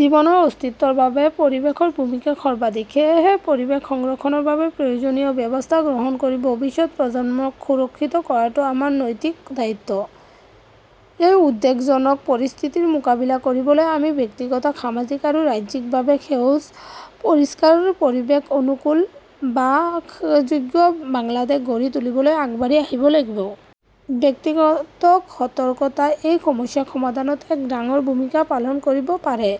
জীৱনৰ অস্তিত্বৰ বাবে পৰিৱেশৰ ভূমিকা সৰ্বাধিক। সেয়েহে পৰিৱেশ সংৰক্ষণৰ বাবে প্ৰয়োজনীয় ব্যৱস্থা গ্ৰহণ কৰি ভৱিষ্যত প্ৰজন্মক সুৰক্ষিত কৰাটো আমাৰ নৈতিক দায়িত্ব। এই উদ্বেগজনক পৰিস্থিতিৰ মোকাবিলা কৰিবলৈ আমি ব্যক্তিগত, সামাজিক আৰু ৰাজ্যিকভাৱে সেউজ পৰিষ্কাৰ পৰিৱেশ অনুকূল বাসযোগ্য বাংলাদেশ গঢ়ি তুলিবলৈ আগবাঢ়ি আহিব লাগিব। ব্যক্তিগত সতৰ্কতাই এই সমস্যা সমাধানত এক ডাঙৰ ভূমিকা পালন কৰিব পাৰে।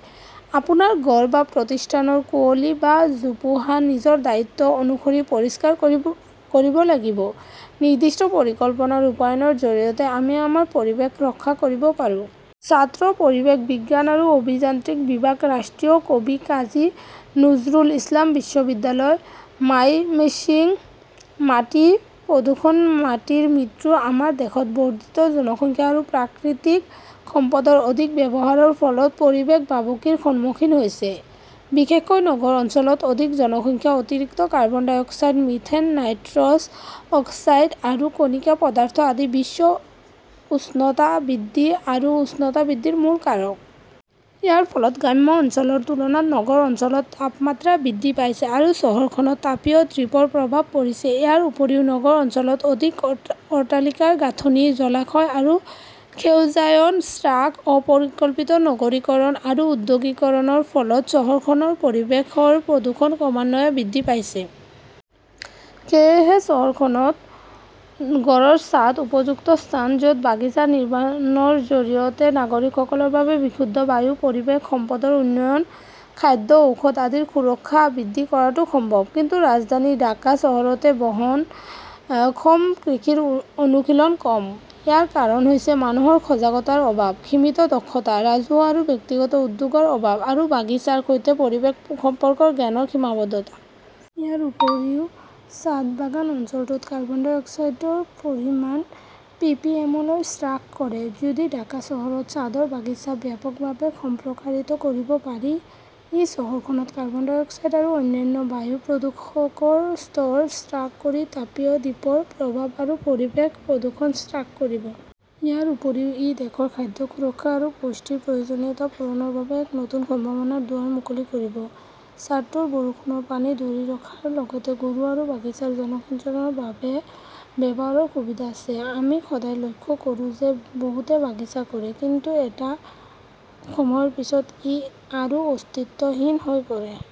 আপোনাৰ ঘৰ বা প্ৰতিষ্ঠানৰ কুঁৱলী বা জোপোহা নিজৰ দায়িত্ব অনুসৰি পৰিষ্কাৰ কৰিব লাগিব। নিৰ্দিষ্ট পৰিকল্পনা ৰূপায়ণৰ জৰিয়তে আমি আমাৰ পৰিৱেশ ৰক্ষা কৰিব পাৰোঁ। ছাত্ৰ, পৰিৱেশ বিজ্ঞান আৰু অভিযান্ত্ৰিক বিভাগ, ৰাষ্ট্ৰীয় কবি কাজী নজৰুল ইছলাম বিশ্ববিদ্যালয়, মাইমেশ্বিং। মাটি প্ৰদূষণ মাটিৰ মৃত্যু আমাৰ দেশত বৰ্ধিত জনসংখ্যা আৰু প্ৰাকৃতিক সম্পদৰ অধিক ব্যৱহাৰৰ ফলত পৰিৱেশ ভাবুকিৰ সন্মুখীন হৈছে। বিশেষকৈ নগৰ অঞ্চলত অধিক জনসংখ্যা, অতিৰিক্ত carbon dioxide, methane, nitrous oxide আৰু কণিকা পদাৰ্থ আদি বিশ্ব উষ্ণতা বৃদ্ধি আৰু উষ্ণতা বৃদ্ধিৰ মূল কাৰক। ইয়াৰ ফলত গ্ৰাম্য অঞ্চলৰ তুলনাত নগৰ অঞ্চলত তাপমাত্ৰা বৃদ্ধি পাইছে আৰু চহৰখনত তাপীয় দ্বীপৰ প্ৰভাৱ পৰিছে। ইয়াৰ উপৰিও নগৰ অঞ্চলত অধিক অট্টালিকাৰ গাঁথনি, জলাশয় আৰু সেউজায়ন হ্ৰাস, অপ্ৰিকল্পিত নগৰীকৰণ আৰু ঔদ্যোগিকৰণৰ ফলত চহৰখনৰ পৰিৱেশৰ প্ৰদূষণ ক্ৰমান্বয়ে বৃদ্ধি পাইছে। সেয়েহে চহৰখনত ঘৰৰ ছাদ উপযুক্ত স্থান য'ত বাগিচা নিৰ্মাণৰ জৰিয়তে নাগৰিকসকলৰ বাবে বিশুদ্ধ বায়ু, পৰিৱেশ সম্পদৰ উন্নয়ন, খাদ্য, ঔষধ আদিৰ সুৰক্ষা বৃদ্ধি কৰাটো সম্ভৱ। কিন্তু ৰাজধানী ঢাকা চহৰতে বহনক্ষম কৃষিৰ অনুশীলন কম, ইয়াৰ কাৰণ হৈছে মানুহৰ সজাগতাৰ অভাৱ, সীমিত দক্ষতা, ৰাজহুৱা আৰু ব্যক্তিগত উদ্যোগৰ অভাৱ, আৰু বাগিচাৰ সৈতে পৰিৱেশ সম্পৰ্কৰ জ্ঞানৰ সীমাবদ্ধতা। ইয়াৰ উপৰিও ছাদবাগান অঞ্চলটোত কাৰ্বন ডাই অক্সাইডৰ পৰিমাণ পিপিএমলৈ হ্ৰাস কৰে। যদি ঢাকা চহৰত ছাদৰ বাগিচা ব্যাপকভাৱে সম্প্ৰসাৰিত কৰিব পাৰি, ই চহৰখনত কাৰ্বন ডাই অক্সাইড আৰু অন্যান্য বায়ু প্ৰদূষকৰ স্তৰ হ্ৰাস কৰি তাপীয় দ্বীপৰ প্ৰভাৱ আৰু পৰিৱেশ প্ৰদূষণ হ্ৰাস কৰিব। ইয়াৰ উপৰিও ই দেশৰ খাদ্য সুৰক্ষা আৰু পুষ্টিৰ প্ৰয়োজনীয়তা পূৰণৰ বাবে এক নতুন সম্ভাৱনাৰ দুৱাৰ মুকলি কৰিব। ছাদটোত বৰষুণৰ পানী ধৰি ৰখাৰ লগতে ঘৰুৱা আৰু বাগিচাৰ জলসিঞ্চনৰ বাবে ব্যৱহাৰৰ সুবিধা আছে। আমি সদায় লক্ষ্য কৰোঁ যে বহুতে বাগিচা কৰে, কিন্তু এটা সময়ৰ পিছত ই আৰু অস্তিত্বহীন হৈ পৰে।